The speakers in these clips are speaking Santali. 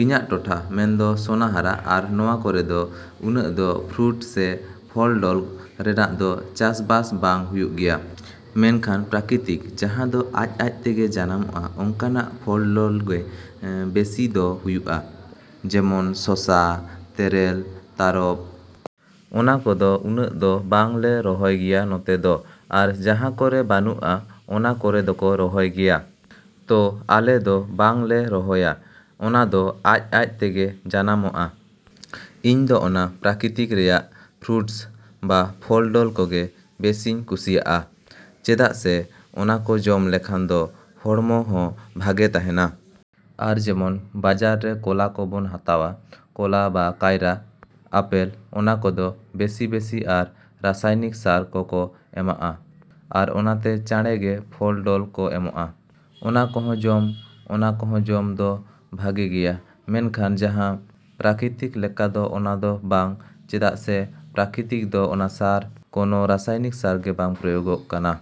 ᱤᱧᱟᱹᱜ ᱴᱚᱴᱷᱟ ᱢᱮᱱᱫᱚ ᱥᱳᱱᱟᱦᱟᱨᱟ ᱟᱨ ᱱᱚᱣᱟ ᱠᱚᱨᱮ ᱫᱚ ᱩᱱᱟᱹᱜ ᱫᱚ ᱯᱷᱨᱩᱴᱥ ᱥᱮ ᱯᱷᱚᱞᱼᱰᱚᱞ ᱨᱮᱱᱟᱜ ᱫᱚ ᱪᱟᱥᱵᱟᱥ ᱵᱟᱝ ᱦᱩᱭᱩᱜ ᱜᱮᱭᱟ, ᱢᱮᱱᱠᱷᱟᱱ ᱯᱨᱟᱠᱨᱤᱛᱤᱠ ᱡᱟᱦᱟᱸ ᱫᱚ ᱟᱡᱼᱟᱡ ᱛᱮᱜᱮ ᱡᱟᱱᱟᱢᱚᱜᱼᱟ ᱚᱝᱠᱟᱱᱟᱜ ᱯᱷᱚᱞᱼᱰᱚᱞ ᱜᱮ ᱵᱮᱥᱤ ᱫᱚ ᱦᱩᱭᱩᱜᱼᱟ, ᱡᱮᱢᱚᱱ ᱥᱚᱥᱚ, ᱛᱮᱨᱮᱞ, ᱛᱟᱨᱚᱵᱽ᱾ ᱚᱱᱟ ᱠᱚᱫᱚ ᱩᱱᱟᱹᱜ ᱫᱚ ᱵᱟᱝ ᱞᱮ ᱨᱚᱦᱚᱭ ᱜᱮᱭᱟ ᱱᱚᱛᱮ ᱫᱚ ᱟᱨ ᱡᱟᱦᱟᱸ ᱠᱚᱨᱮ ᱵᱟᱹᱱᱩᱜᱼᱟ ᱚᱱᱟ ᱠᱚᱨᱮ ᱫᱚᱠᱚ ᱨᱚᱦᱚᱭ ᱜᱮᱭᱟ᱾ ᱛᱚ ᱟᱞᱮ ᱫᱚ ᱵᱟᱝ ᱞᱮ ᱨᱚᱦᱚᱭᱟ, ᱚᱱᱟ ᱫᱚ ᱟᱡᱼᱟᱡ ᱛᱮᱜᱮ ᱡᱟᱱᱟᱢᱚᱜᱼᱟ᱾ ᱤᱧ ᱫᱚ ᱚᱱᱟ ᱯᱨᱟᱠᱨᱤᱛᱤᱠ ᱨᱮᱱᱟᱜ ᱯᱷᱨᱩᱴᱥ ᱵᱟ ᱯᱷᱚᱞᱼᱰᱚᱞ ᱠᱚᱜᱮ ᱵᱮᱥᱤᱧ ᱠᱩᱥᱤᱭᱟᱜᱼᱟ ᱪᱮᱫᱟᱜ ᱥᱮ ᱚᱱᱟ ᱠᱚ ᱡᱚᱢ ᱞᱮᱠᱷᱟᱱ ᱫᱚ ᱦᱚᱲᱢᱚ ᱦᱚᱸ ᱵᱷᱟᱜᱮ ᱛᱟᱦᱮᱱᱟ᱾ ᱟᱨ ᱡᱮᱢᱚᱱ ᱵᱟᱡᱟᱨ ᱨᱮ ᱠᱚᱞᱟ ᱠᱚ ᱵᱚᱱ ᱦᱟᱛᱟᱣᱟ, ᱠᱚᱞᱟ ᱵᱟ ᱠᱟᱭᱨᱟ, ᱟᱯᱮᱞ ᱚᱱᱟ ᱠᱚᱫᱚ ᱵᱮᱥᱤᱼᱵᱮᱥᱤ ᱟᱨ ᱨᱟᱥᱟᱭᱱᱤᱠ ᱥᱟᱨ ᱠᱚᱠᱚ ᱮᱢᱟᱜᱼᱟ ᱟᱨ ᱚᱱᱟᱛᱮ ᱪᱟᱬᱮ ᱜᱮ ᱯᱷᱚᱞᱼᱰᱚᱞ ᱠᱚ ᱮᱢᱟᱜᱼᱟ᱾ ᱚᱱᱟ ᱠᱚᱦᱚᱸ ᱡᱚᱢ ᱚᱱᱟ ᱠᱚᱦᱚᱸ ᱡᱚᱢ ᱫᱚ ᱵᱷᱟᱜᱮ ᱜᱮᱭᱟ ᱢᱮᱱᱠᱷᱟᱱ ᱡᱟᱦᱟᱸ ᱯᱨᱟᱠᱨᱤᱛᱤᱠ ᱞᱮᱠᱟ ᱫᱚ ᱚᱱᱟ ᱫᱚ ᱵᱟᱝ ᱪᱮᱫᱟᱜ ᱥᱮ ᱯᱨᱟᱠᱨᱤᱛᱤᱠ ᱫᱚ ᱠᱚᱱᱚ ᱥᱟᱨ, ᱠᱚᱱᱚ ᱨᱟᱥᱟᱭᱱᱤᱠ ᱥᱟᱨ ᱜᱮ ᱵᱟᱝ ᱯᱨᱚᱭᱚᱜᱚᱜ ᱠᱟᱱᱟ᱾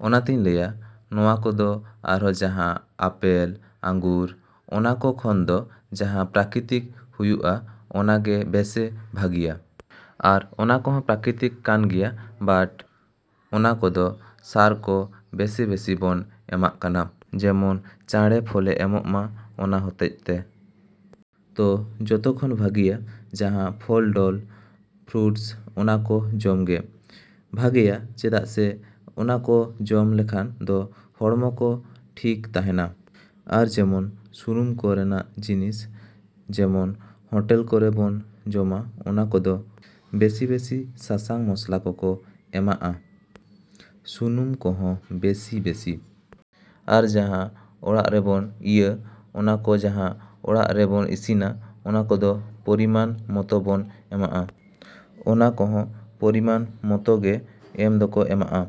ᱚᱱᱟᱛᱮᱧ ᱞᱟᱹᱭᱟ ᱱᱚᱣᱟ ᱠᱚᱫᱚ ᱟᱨᱚ ᱡᱟᱦᱟᱸ ᱟᱯᱮᱞ, ᱟᱝᱜᱩᱨ ᱚᱱᱟ ᱠᱚ ᱠᱷᱚᱱ ᱫᱚ ᱡᱟᱦᱟᱸ ᱯᱨᱟᱠᱨᱤᱛᱤᱠ ᱦᱩᱭᱩᱜᱼᱟ ᱚᱱᱟ ᱜᱮ ᱵᱮᱥᱤ ᱵᱷᱟᱜᱮᱭᱟ᱾ ᱟᱨ ᱚᱱᱟ ᱠᱚᱦᱚᱸ ᱯᱨᱟᱠᱨᱤᱛᱤᱠ ᱠᱟᱱ ᱜᱮᱭᱟ ᱵᱟᱴ ᱚᱱᱟ ᱠᱚᱫᱚ ᱥᱟᱨ ᱠᱚ ᱵᱮᱥᱤᱼᱵᱮᱥᱤ ᱵᱚᱱ ᱮᱢᱟᱜ ᱠᱟᱱᱟ ᱡᱮᱢᱚᱱ ᱪᱟᱬᱮ ᱯᱷᱚᱞᱮ ᱮᱢᱚᱜ ᱢᱟ ᱚᱱᱟ ᱦᱚᱛᱮᱡ ᱛᱮ᱾ ᱛᱚ ᱡᱚᱛᱚ ᱠᱷᱚᱱ ᱵᱷᱟᱜᱮᱭᱟ ᱡᱟᱦᱟᱸ ᱯᱷᱚᱞᱼᱰᱚᱞ, ᱯᱷᱨᱩᱴᱥ ᱚᱱᱟ ᱠᱚ ᱡᱚᱢ ᱜᱮ ᱵᱷᱟᱜᱮᱭᱟ ᱪᱮᱫᱟᱜ ᱥᱮ ᱚᱱᱟ ᱠᱚ ᱡᱚᱢ ᱞᱮᱠᱷᱟᱱ ᱫᱚ ᱦᱚᱲᱢᱚ ᱠᱚ ᱴᱷᱤᱠ ᱛᱟᱦᱮᱱᱟ᱾ ᱟᱨ ᱡᱟᱦᱟᱸ ᱥᱩᱱᱩᱢ ᱠᱚ ᱨᱮᱱᱟᱜ ᱡᱤᱱᱤᱥ ᱡᱮᱢᱚᱱ ᱦᱚᱴᱮᱞ ᱠᱚᱨᱮ ᱵᱚᱱ ᱡᱚᱢᱟ ᱚᱱᱟ ᱠᱚᱫᱚ ᱵᱮᱥᱤᱼᱵᱮᱥᱤ ᱥᱟᱥᱟᱝ ᱢᱚᱥᱞᱟ ᱠᱚᱠᱚ ᱮᱢᱟᱜᱼᱟ, ᱥᱩᱱᱩᱢ ᱠᱚᱦᱚᱸ ᱵᱮᱥᱤᱼᱵᱮᱥᱤ᱾ ᱟᱨ ᱡᱟᱦᱟᱸ ᱚᱲᱟᱜ ᱨᱮ ᱵᱚᱱ ᱤᱭᱟᱹ ᱚᱱᱟ ᱠᱚ ᱡᱟᱦᱟᱸ ᱚᱲᱟᱜ ᱨᱮ ᱵᱚᱱ ᱤᱥᱤᱱᱟ ᱚᱱᱟ ᱠᱚᱫᱚ ᱯᱚᱨᱤᱢᱟᱱ ᱢᱚᱛᱚ ᱵᱚᱱ ᱮᱢᱟᱜᱼᱟ᱾ ᱚᱱᱟ ᱠᱚᱦᱚᱸ ᱯᱚᱨᱤᱢᱟᱱ ᱢᱚᱛᱚ ᱜᱮ ᱮᱢ ᱫᱚᱠᱚ ᱮᱢᱟᱜᱼᱟ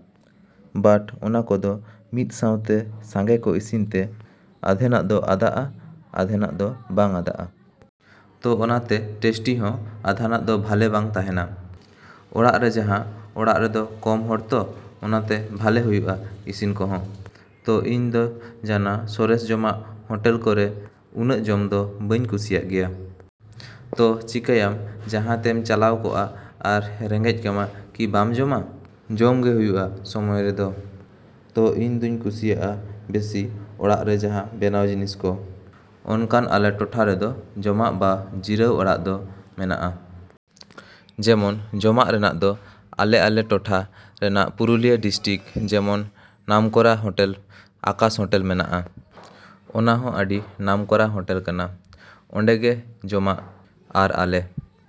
ᱵᱟᱴ ᱚᱱᱟ ᱠᱚᱫᱚ ᱢᱤᱫ ᱥᱟᱶᱛᱮ ᱥᱟᱸᱜᱮ ᱠᱚ ᱤᱥᱤᱱ ᱛᱮ ᱟᱫᱷᱮᱱᱟᱜ ᱫᱚ ᱟᱫᱟᱜᱼᱟ, ᱟᱫᱷᱮᱱᱟᱜ ᱫᱚ ᱵᱟᱝ ᱟᱫᱟᱜᱼᱟ᱾ ᱛᱚ ᱚᱱᱟᱛᱮ ᱴᱮᱥᱴᱤ ᱦᱚᱸ ᱟᱫᱷᱮᱱᱟᱜ ᱫᱚ ᱵᱷᱟᱞᱮ ᱵᱟᱝ ᱛᱟᱦᱮᱱᱟ᱾ ᱚᱲᱟᱜ ᱨᱮ ᱡᱟᱦᱟᱸ ᱚᱲᱟᱜ ᱨᱮᱫᱚ ᱠᱚᱢ ᱦᱚᱲ ᱛᱚ ᱚᱱᱟᱛᱮ ᱵᱷᱟᱞᱮ ᱦᱩᱭᱩᱜᱼᱟ ᱤᱥᱤᱱ ᱠᱚᱦᱚᱸ᱾ ᱛᱚ ᱤᱧ ᱫᱚ ᱡᱟᱱᱟᱸ ᱥᱚᱨᱮᱥ ᱡᱚᱢᱟᱜ ᱦᱚᱴᱮᱞ ᱠᱚᱨᱮ ᱩᱱᱟᱹᱜ ᱡᱚᱢ ᱫᱚ ᱵᱟᱹᱧ ᱠᱩᱥᱤᱭᱟᱜ ᱜᱮᱭᱟ᱾ ᱛᱚ ᱪᱤᱠᱟᱭᱟᱢ ᱡᱟᱦᱟᱸ ᱛᱮᱢ ᱥᱮᱱ ᱠᱚᱜᱼᱟ ᱟᱨ ᱨᱮᱸᱜᱮᱡ ᱠᱟᱢᱟ ᱠᱤ ᱵᱟᱢ ᱡᱚᱢᱟ? ᱡᱚᱢ ᱜᱮ ᱦᱩᱭᱩᱜᱼᱟ ᱥᱚᱢᱚᱭ ᱨᱮᱫᱚ᱾ ᱛᱚ ᱤᱧ ᱫᱚᱧ ᱠᱩᱥᱤᱭᱟᱜᱼᱟ ᱵᱮᱥᱤ ᱚᱲᱟᱜ ᱨᱮ ᱡᱟᱦᱟᱸ ᱵᱮᱱᱟᱣ ᱡᱤᱱᱤᱥ ᱠᱚ᱾ ᱚᱱᱠᱟᱱ ᱟᱞᱮ ᱴᱚᱴᱷᱟ ᱨᱮᱫᱚ ᱡᱚᱢᱟᱜ ᱵᱟ ᱡᱤᱨᱟᱹᱣ ᱚᱲᱟᱜ ᱫᱚ ᱢᱮᱱᱟᱜᱼᱟ᱾ ᱡᱮᱢᱚᱱ ᱡᱚᱢᱟᱜ ᱨᱮᱱᱟᱜ ᱫᱚ ᱟᱞᱮ ᱟᱞᱮ ᱴᱚᱴᱷᱟ ᱨᱮᱱᱟᱜ ᱯᱩᱨᱩᱞᱤᱭᱟᱹ ᱰᱤᱥᱴᱨᱤᱠ ᱡᱮᱢᱚᱱ ᱱᱟᱢᱠᱚᱨᱟ ᱦᱚᱴᱮᱞ ᱟᱠᱟᱥ ᱦᱚᱴᱮᱞ ᱢᱮᱱᱟᱜᱼᱟ, ᱚᱱᱟ ᱦᱚᱸ ᱟᱹᱰᱤ ᱱᱟᱢᱠᱚᱨᱟ ᱦᱚᱴᱮᱞ ᱠᱟᱱᱟ, ᱚᱸᱰᱮ ᱜᱮ ᱡᱚᱢᱟᱜ᱾ ᱟᱨ ᱟᱞᱮ᱾